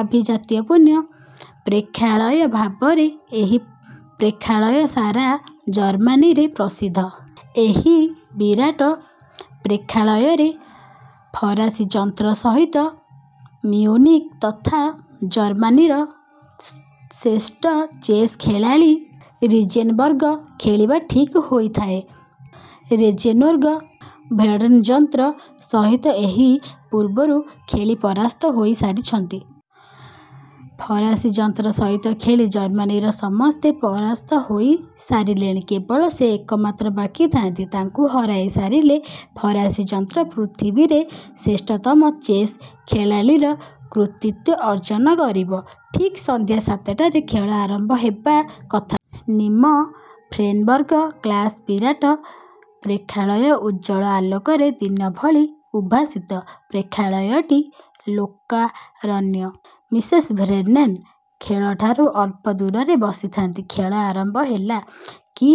ଆଭିଜାତ୍ୟପୂର୍ଣ୍ଣ ପ୍ରେକ୍ଷାଳୟ ଭାବରେ ଏହି ପ୍ରେକ୍ଷାଳୟ ସାରା ଜର୍ମାନୀରେ ପ୍ରସିଦ୍ଧ। ଏହି ବିରାଟ ପ୍ରେକ୍ଷାଳୟରେ ଫରାସୀ ଯନ୍ତ୍ର ସହିତ ମିଉନିକ୍ ତଥା ଜର୍ମାନୀର ଶ୍ରେଷ୍ଠ ଚେସ୍ ଖେଳାଳୀ ରିଜେନବର୍ଗ ଖେଳିବା ଠିକ୍ ହୋଇଥାଏ। ରିଜେନ୍ବର୍ଗ ଭେର୍ନନ୍ଙ୍କ ଯନ୍ତ୍ର ସହିତ ଏଥି ପୂର୍ବରୁ ଖେଳି ପରାସ୍ତ ହୋଇ ସାରିଥାନ୍ତି। ଫରାସୀ ଯନ୍ତ୍ର ସହିତ ଖେଳି ଜର୍ମାନୀର ସମସ୍ତେ ପରାସ୍ତ ହୋଇ ସାରିଲେଣି, କେବଳ ସେ ଏକମାତ୍ର ବାକି ଥାନ୍ତି। ତାଙ୍କୁ ହରାଇ ସାରିଲେ ଫରାସୀ ଯନ୍ତ୍ର ପୃଥିବୀରେ ଶ୍ରେଷ୍ଠତମ ଚେସ୍ ଖେଳାଳୀର କୃତିତ୍ୱ ଅର୍ଜନ କରିବ। ଠିକ୍ ସନ୍ଧ୍ୟା ସାତଟାରେ ଖେଳ ଆରମ୍ଭ ହେବା କଥା। ନିମଫେନବର୍ଗ କାସ୍ଲ୍ର ବିରାଟ ପ୍ରେକ୍ଷାଳୟ ଉଜ୍ଜ୍ୱଳ ଆଲୋକରେ ଦିନଭଳି ଉଦ୍ଭାସିତ। ପ୍ରେକ୍ଷାଳୟଟି ଲୋକାରଣ୍ୟ। ମିସେସ୍ ଭେର୍ନନ୍ ଖେଳଠାରୁ ଅଳ୍ପ ଦୂରରେ ବସିଥାନ୍ତି। ଖେଳ ଆରମ୍ଭ ହେଲା। କି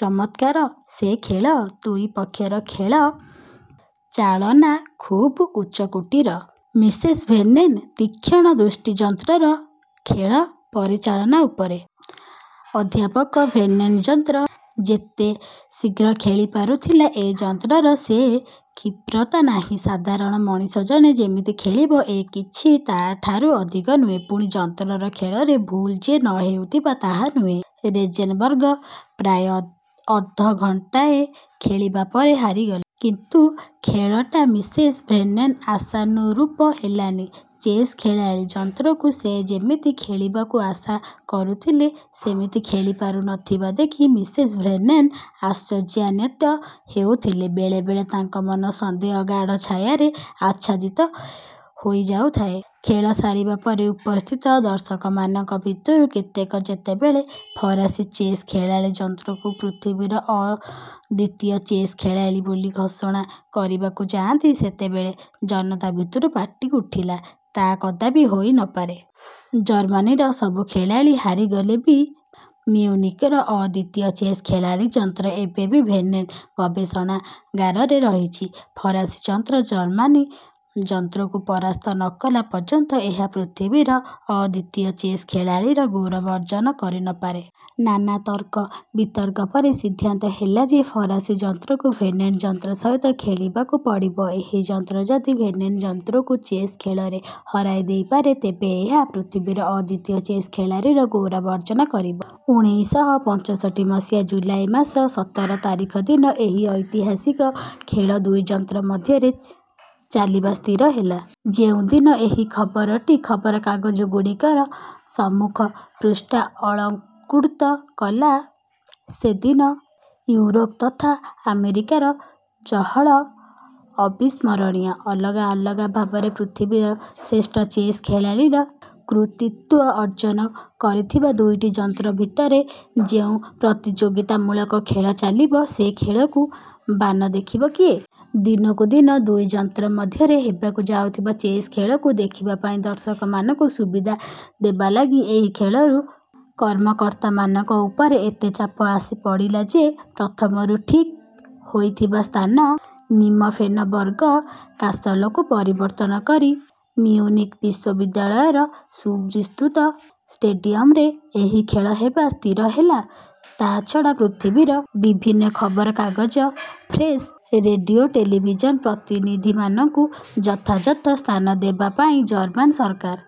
ଚମତ୍କାର ସେ ଖେଳ! ଦୁଇ ପକ୍ଷର ଖେଳ ଚାଳନା ଖୁବ୍ ଉଚ୍ଚକୋଟୀର। ମିସେସ ଭେର୍ନନ୍ଙ୍କ ତୀକ୍ଷଣ ଦୃଷ୍ଟି ଯନ୍ତ୍ରର ଖେଳ ପରିଚାଳନା ଉପରେ। ଅଧ୍ୟାପକ ଭେର୍ନନ୍ଙ୍କ ଯନ୍ତ୍ର ଯେତେ ଶୀଘ୍ର ଖେଳିପାରୁ ଥିଲା, ଏ ଯନ୍ତ୍ରର ସେ କ୍ଷିପ୍ରତା ନାହିଁ। ସାଧାରଣ ମଣିଷ ଜଣେ ଯେମିତି ଖେଳିବ ଏ କିଛି ତା'ଠାରୁ ଅଧିକ ନୁହେଁ। ପୁଣି ଯନ୍ତ୍ରର ଖେଳରେ ଭୁଲ ଯେ ନ ହେଉଥାଏ ତା ନୁହେଁ। ରିଜେନବର୍ଗ ପ୍ରାୟ ଅଧଘଣ୍ଟାଏ ଖେଳିବା ପରେ ହାରିଗଲେ। କିନ୍ତୁ ଖେଳଟା ମିସେସ ଭେର୍ନନ୍ଙ୍କ ଆଶାନୁରୂପ ହେଲାନି। ଚେସ୍ ଖେଳାଳୀ ଯନ୍ତ୍ରକୁ ସେ ଯେମିତି ଖେଳିବାକୁ ଆଶା କରୁଥିଲେ, ସେମିତି ଖେଳିପାରୁ ନ ଥିବା ଦେଖି ମିସେସ ଭେର୍ନନ୍ ଆଶ୍ଚର୍ଯ୍ୟାନିତ ହେଉଥିଲେ। ବେଳେବେଳେ ତାଙ୍କ ମନ ସନ୍ଦେହ ଗାଢ଼ ଛାୟାରେ ଆଚ୍ଛାଦିତ ହୋଇଯାଉଥାଏ। ଖେଳ ସରିବା ପରେ ଉପସ୍ଥିତ ଦର୍ଶକମାନଙ୍କ ଭିତରୁ କେତେକ ଯେତେବେଳେ ଫରାସୀ ଚେସ୍ ଖେଳାଳୀ ଯନ୍ତ୍ରକୁ ପୃଥିବୀର ଅଦ୍ୱିତୀୟ ଚେସ୍ ଖେଳାଳୀ ବୋଲି ଘୋଷଣା କରିବାକୁ ଯାଆନ୍ତି, ସେତେବେଳେ ଜନତା ଭିତରୁ ପାଟି ଉଠିଲା, 'ତା କଦାପି ହୋଇ ନ ପାରେ। ଜର୍ମାନୀର ସବୁ ଖେଳାଳୀ ହାରିଗଲେ ବି ମିଉନିକର ଅଦ୍ୱିତୀୟ ଚେସ୍ ଖେଳାଳୀ ଯନ୍ତ୍ର ଏବେ ବି ଭେର୍ନନ୍ଙ୍କ ଗବେଷଣାଗାରରେ ରହିଛି। ଫରାସୀ ଯନ୍ତ୍ର ଜର୍ମାନୀ ଯନ୍ତ୍ରକୁ ପରାସ୍ତ ନ କଲା ପର୍ଯ୍ୟନ୍ତ ଏହା ପୃଥିବୀର ଅଦ୍ୱିତୀୟ ଚେସ୍ ଖେଳାଳୀର ଗୌରବ ଅର୍ଜନ କରି ନ ପାରେ। ନାନା ତର୍କବିତର୍କ ପରେ ସିଦ୍ଧାନ୍ତ ହେଲା ଯେ ଫରାସୀ ଯନ୍ତ୍ରକୁ ଭେର୍ନନ୍ଙ୍କ ଯନ୍ତ୍ର ସହିତ ଖେଳିବାକୁ ପଡ଼ିବ। ଏହି ଯନ୍ତ୍ର ଯଦି ଭେର୍ନନ୍ଙ୍କ ଯନ୍ତ୍ରକୁ ଚେସ୍ ଖେଳରେ ହରାଇ ଦେଇପାରେ, ତେବେ ଏହା ପୃଥିବୀର ଅଦ୍ୱିତୀୟ ଚେସ୍ ଖେଳାଳୀର ଗୌରବ ଅର୍ଜନ କରିବ। ଉଣେଇଶହ ପଞ୍ଚଷଠି ମସିହା ଜୁଲାଇ ମାସ ସତର ତାରିଖ ଦିନ ଏହି ଐତିହାସିକ ଖେଳ ଦୁଇ ଯନ୍ତ୍ର ମଧ୍ୟରେ ଚାଲିବା ସ୍ଥିର ହେଲା। ଯେଉଁ ଦିନ ଏହି ଖବରଟି ଖବରକାଗଜଗୁଡ଼ିକର ସମ୍ମୁଖ ପୃଷ୍ଠା ଅଳଙ୍କୃତ କଲା, ସେଦିନ ଇଉରୋପ ତଥା ଆମେରିକାର ଚହଳ ଅବିସ୍ମରଣୀୟ। ଅଲଗା ଅଲଗା ଭାବରେ ପୃଥିବୀର ଶ୍ରେଷ୍ଠ ଚେସ୍ ଖେଳାଳୀର କୃତିତ୍ୱ ଅର୍ଜନ କରିଥିବା ଦୁଇଟି ଯନ୍ତ୍ର ଭିତରେ ଯେଉଁ ପ୍ରତିଯୋଗୀତାମୂଳକ ଖେଳ ଚାଲିବ, ସେ ଖେଳକୁ ବାନ ଦେଖିବ କିଏ? ଦିନକୁ ଦିନ ଦୁଇ ଯନ୍ତ୍ର ମଧ୍ୟରେ ହେବାକୁ ଯାଉଥିବା ଚେସ୍ ଖେଳକୁ ଦେଖିବା ପାଇଁ ଦର୍ଶକମାନଙ୍କୁ ସୁବିଧା ଦେବାଲାଗି ଏହି ଖେଳରୁ କର୍ମକର୍ତ୍ତାମାନଙ୍କ ଉପରେ ଏତେ ଚାପ ଆସି ପଡ଼ିଲା ଯେ ପ୍ରଥମରୁ ଠିକ୍ ହୋଇଥିବା ସ୍ଥାନ ନିମଫେନବର୍ଗ କାସଲକୁ ପରିବର୍ତ୍ତନ କରି ମିଉନିକ୍ ବିଶ୍ୱବିଦ୍ୟାଳୟର ସୁବିସ୍ତୃତ ଷ୍ଟେଡିୟମରେ ଏହି ଖେଳ ହେବା ସ୍ଥିର ହେଲା ତା ଛଡ଼ା ପୃଥିବୀର ବିଭିନ୍ନ ଖବରକାଗଜ, ପ୍ରେସ, ରେଡିଓ, ଟେଲଭିଜନ ପ୍ରତିନିଧିମାନଙ୍କୁ ଯଥାଯଥ ସ୍ଥାନ ଦେବା ପାଇଁ ଜର୍ମାନ ସରକାର.